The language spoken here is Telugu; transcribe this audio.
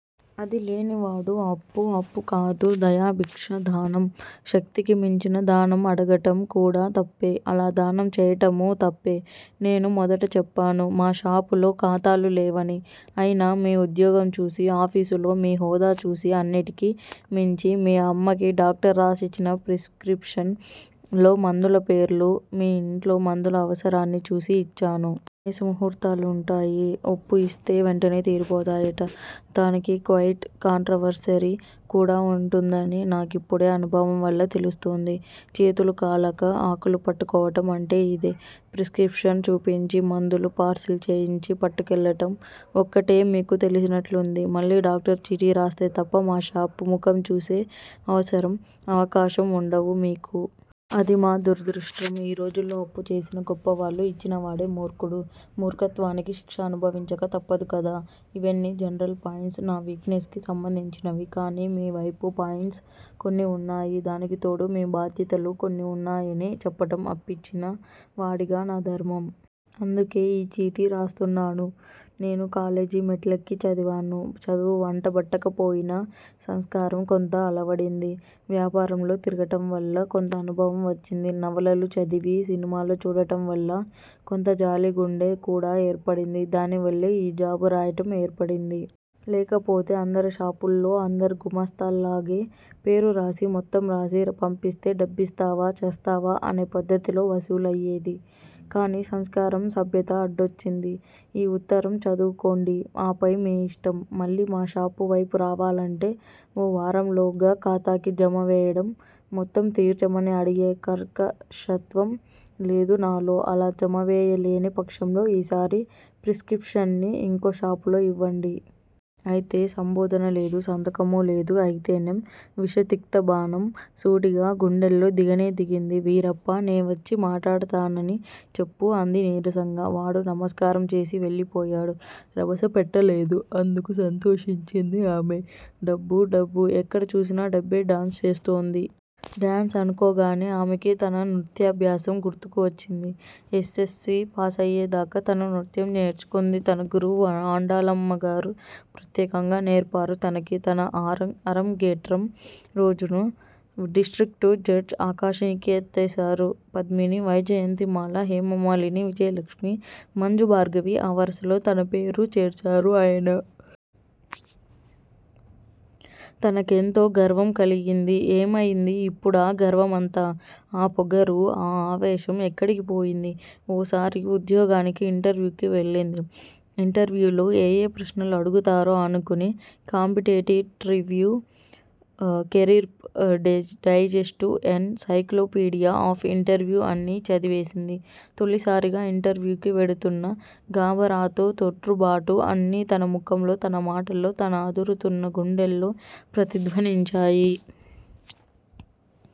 అది లేనినాడు అప్పు అప్పు కాదు. దయాభిక్ష! దానం. శక్తికి మించిన దానం అడగటం కూడా తప్పే. అలా దానం చేయటమూ తప్పే! నేను మొదట చెప్పాను! మా షాపులో ఖాతాలు లేవని! అయినా మీ ఉద్యోగం చూసి, ఆఫీసులో మీ హోదా చూసి అన్నిటికి మించి మీ అమ్మకి డాక్టర్ రాసిచ్చిన ప్రిస్కిప్షన్ లో మందుల పేర్లు మీ ఇంట్లో మందుల అవసరాన్ని చూసి ఇచ్చాను. కొన్ని సుముహూర్తాలుంటాయి. అప్పు ఇస్తే వెంటనే తీరిపోతాయట. దానికి క్వయిట్ కాంట్రవర్సరీ కూడా వుంటుందని నా కిప్పుడే అనుభవం వల్ల తెలుస్తూంది. చేతులు కాలక ఆకులు పట్టుకోవటం అంటే ఇదే! ప్రిస్కిప్షన్ చూపించి మందులు పార్సిల్ చేయించి పట్టుకెళ్ళటం ఒక్కటే మీకు తెలిసినట్లుంది. మళ్ళీ డాక్టరు చీటీ రాస్తే తప్ప మా షాపు ముఖం చూసే అవసరం, అవకాశం వుండవు మీకు. అది మా దురదృష్టం. ఈ రోజుల్లో అప్పు చేసిన గొప్పవాళ్ళు. ఇచ్చినవాడే మూర్ఖుడు. మూర్ఖత్వానికి శిక్ష అనుభవించక తప్పదు కదా! ఇవన్నీ జనరల్ పాయింట్స్! నా వీక్ నెస్ కి సంబంధించినవి. కానీ మీ వైపు పాయింట్స్ కొన్ని వున్నాయి. దానికి తోడు మీ బాధ్యతలూ కొన్ని వున్నాయని చెప్పటం అప్పిచ్చిన వాడిగా నా ధర్మం. అందుకే ఈ చీటీ రాస్తున్నాను. నేనూ కాలేజీ మెట్లెక్కి చదివాను. చదువు వంట బట్టకపోయినా సంస్కారం కొంత అలవడింది. వ్యాపారంలో తిరగటంవల్ల కొంత అనుభవం వచ్చింది. నవలలు చదివీ, సినిమాలు చూడటం వల్లా కొంత జాలిగుండె కూడా ఏర్పడింది. దానివల్లే ఈ జాబు రాయటం ఏర్పడింది. లేకపోతే అందరి షాపుల్లో అందరి గుమాస్తాల్లాగే పేరు రాసి మొత్తం రాసి పంపిస్తే డబ్బిస్తావా చస్తావా అనే పద్దతిలో వసూలు అయ్యేది. కానీ సంస్కారం సభ్యత అడ్డొచ్చింది. ఈ ఉత్తరం చదువుకోండి! ఆపై మీ ఇష్టం! మళ్ళీ మా షాపు వైపు రావాలంటే ఓ వారంలోగా ఖాతాకి జమ వేయండి, మొత్తం తీర్చమని అడిగే కర్కశత్వం లేదు నాలో అలా జమవేయలేని పక్షంలో ఈసారి ప్రిస్కిప్షన్ని ఇంకో షాపులో ఇవ్వండి. అంతే! సంబోధన లేదు! సంతకమూ లేదు! అయితేనేం విషతిక్తబాణం సూటిగా గుండెల్లో దిగనే దిగింది. వీరప్పా! నేవచ్చి మాటాడతానని చెప్పు! అంది నీరసంగా. వాడు నమస్కారం చేసి వెళ్ళిపోయాడు. రభస పెట్టలేదు. అందుకు సంతోషించింది ఆమె! డబ్బు! డబ్బు! ఎక్కడ చూసినా డబ్బే డాన్స్ చేస్తూంది!! డాన్స్ అనుకోగానే ఆమెకి తన నృత్యాభ్యాసం గుర్తుకి వచ్చింది. ఎస్సెస్సీ పాసయ్యేదాకా తను నృత్యం నేర్చుకుంది. తన గురువు ఆండాళమ్మగారు ప్రత్యేకంగా నేర్పారు తనకి. తన అరంగేట్రం రోజున డిస్ట్రిక్టు జడ్జ్ ఆకాశానికెత్తేశారు! పద్మిని, వైజయంతిమాల, హేమమాలిని, విజయలక్ష్మి మంజుభార్గవి ఆ వరసలో తన పేరూ చేర్చారు ఆయన. తనకెంతో గర్వం కలిగింది. ఏమయింది ఇప్పుడా గర్వమంతా? ఆ పొగరూ, ఆ ఆవేశం ఎక్కడికి పోయింది? ఓసారి ఉద్యోగానికి ఇంటర్వ్యూకి వెళ్ళింది. ఇంటర్వ్యూలో ఏయే ప్రశ్నలు అడుగుతారో అనుకుని competitive review, career digest, encyclopedia of interview అన్నీ చదివేసింది. తొలిసారిగా ఇంటర్వ్యూకి వెడుతున్న గాబరాతో, తొట్రుబాటు అన్నీ తన ముఖంలో తన మాటల్లో తన అదురుతున్న గుండెల్లో ప్రతిధ్వనించాయి.